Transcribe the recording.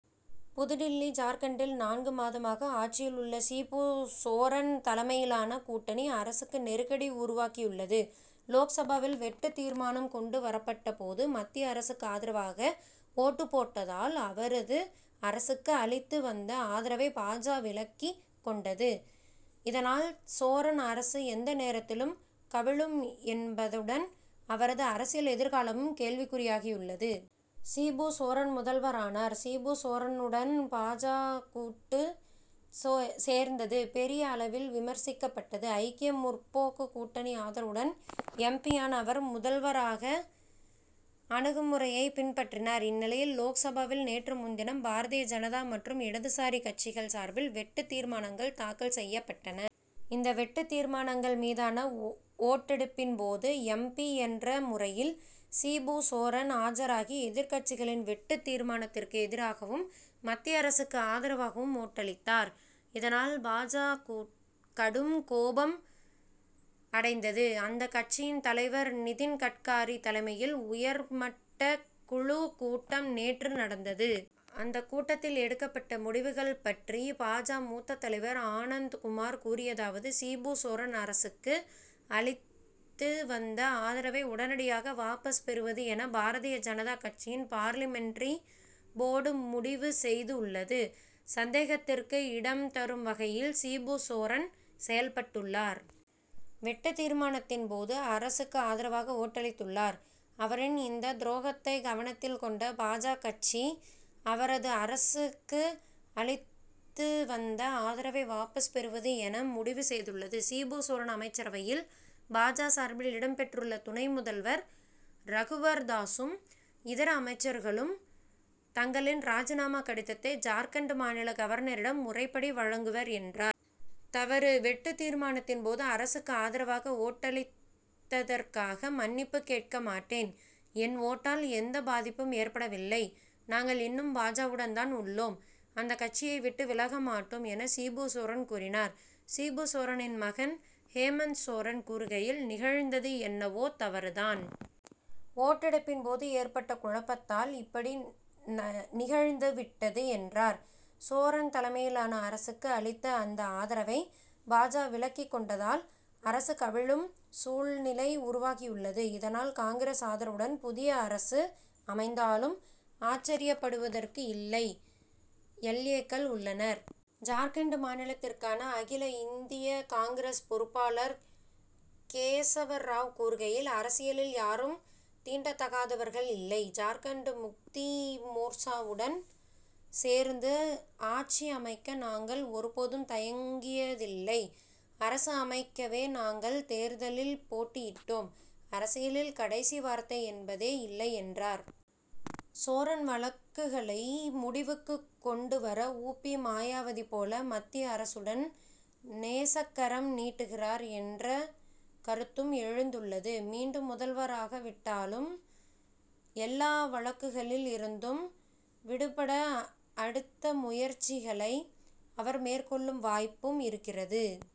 புதுடில்லி ஜார்க்கண்டில் நான்கு மாதமாக ஆட்சியில் உள்ள சிபு சோரன் தலைமையிலான கூட்டணி அரசுக்கு நெருக்கடி உருவாக்கியுள்ளது. லோக்சபாவில் வெட்டுத் தீர்மானம் கொண்டு வரப்பட்டபோது மத்திய அரசுக்கு ஆதரவாக ஓட்டுப் போட்டதால் அவரது அரசுக்கு அளித்து வந்த ஆதரவை பா. ஜ. விலக்கிக் கொண்டது. இதனால் சோரன் அரசு எந்த நேரத்திலும் கவிழும் என்பதுடன் அவரது அரசியல் எதிர்காலமும் கேள்விக்குறியாகி உள்ளது. சிபு சோரன் முதல்வரானார். சிபு சோரனுடன் பா. ஜ. கூட்டு சேர்ந்தது பெரிய அளவில் விமர்சிக்கப்பட்டது. ஐக்கிய முற்போக்கு கூட்டணி ஆதரவுடன் எம். பி.யான அவர் முதல்வராக அணுகுமுறையைப் பின்பற்றினார். இந்நிலையில் லோக்சபாவில் நேற்று முன்தினம் பாரதிய ஜனதா மற்றும் இடதுசாரி கட்சிகள் சார்பில் வெட்டுத் தீர்மானங்கள் தாக்கல் செய்யப் பட்டன. இந்த வெட்டுத் தீர்மானங்கள் மீதான ஓட்டெடுப்பின் போது எம். பி. என்ற முறையில் சிபு சோரன் ஆஜராகி எதிர்க் கட்சிகளின் வெட்டுத் தீர்மானத்திற்கு எதிராகவும் மத்திய அரசுக்கு ஆதரவாகவும் ஓட்டளித்தார். இதனால் பா. ஜ. கடும் கோபம் அடைந்தது. அந்தக் கட்சியின் தலைவர் நிதின் கட்காரி தலைமையில் உயர் மட்டக் குழு கூட்டம் நேற்று நடந்தது. அந்தக் கூட்டத்தில் எடுக்கப்பட்ட முடிவுகள் பற்றி பா. ஜ. மூத்த தலைவர் ஆனந்த் குமார் கூறியதாவது சிபு சோரன் அரசுக்கு அளித்து வந்த ஆதரவை உடனடியாக வாபஸ் பெறுவது என பாரதிய ஜனதா கட்சியின் பார்லிமென்டரி போர்டு முடிவு செய்து உள்ளது. சந்தேகத்திற்கு இடம் தரும் வகையில் சிபு சோரன் செயல்பட்டுள்ளார். வெட்டுத் தீர்மானத்தின் போது அரசுக்கு ஆதரவாக ஓட்டளித்துள்ளார். அவரின் இந்தத் துரோகத்தை கவனத்தில் கொண்ட பா. ஜ. கட்சி அவரது அரசுக்கு அளித்து வந்த ஆதரவை வாபஸ் பெறுவது என முடிவு செய்துள்ளது. சிபு சோரன் அமைச்சரவையில் பா. ஜ. சார்பில் இடம் பெற்றுள்ள துணை முதல்வர் ரகுவர் தாசும் இதர அமைச்சர்களும் தங்களின் ராஜினாமா கடிதத்தை ஜார்க்கண்ட் மாநில கவர்னரிடம் முறைப்படி வழங்குவர் என்றார். தவறு வெட்டுத் தீர்மானத்தின் போது அரசுக்கு ஆதரவாக ஓட்டளித்ததற்காக மன்னிப்பு கேட்க மாட்டேன். என் ஓட்டால் எந்தப் பாதிப்பும் ஏற்படவில்லை. நாங்கள் இன்னும் பா. ஜ.வுடன் தான் உள்ளோம். அந்தக் கட்சியை விட்டு விலகமாட்டோம் என சிபு சோரன் கூறினார். சிபு சோரனின் மகன் ஹேமந்த் சோரன் கூறுகையில் நிகழ்ந்தது என்னவோ தவறு தான். ஓட்டெடுப்பின் போது ஏற்பட்ட குழப்பத்தால் இப்படி நிகழ்ந்து விட்டது என்றார். சோரன் தலைமையிலான அரசுக்கு அளித்த அந்த ஆதரவை பா. ஜ. விலக்கிக் கொண்டதால் அரசு கவிழும் சூழ்நிலை உருவாகியுள்ளது. இதனால் காங்கிரஸ் ஆதரவுடன் புதிய அரசு அமைந்தாலும் ஆச்சர்யப்படுவதற்கு இல்லை. எல். ஏ.க்கள் உள்ளனர். ஜார்க்கண்ட் மாநிலத்திற்கான அகில இந்திய காங்கிரஸ் பொறுப்பாளர் கேசவ ராவ் கூறுகையில் அரசியலில் யாரும் தீண்டத்தகாதவர்கள் இல்லை. ஜார்க்கண்ட் முக்தி மோர்ச்சாவுடன் சேர்ந்து ஆட்சி அமைக்க நாங்கள் ஒரு போதும் தயங்கியதில்லை. அரசு அமைக்கவே நாங்கள் தேர்தலில் போட்டியிட்டோம். அரசியலில் கடைசி வார்த்தை என்பதே இல்லை என்றார். சோரன் வழக்குகளை முடிவுக்கு கொண்டு வர உ. பி. மாயாவதி போல மத்திய அரசுடன் நேசக்கரம் நீட்டுகிறார் என்ற கருத்தும் எழுந்துள்ளது. மீண்டும் முதல்வராகா விட்டாலும் எல்லா வழக்குகளில் இருந்தும் விடுபட அடுத்த முயற்சிகளை அவர் மேற்கொள்ளும் வாய்ப்பும் இருக்கிறது.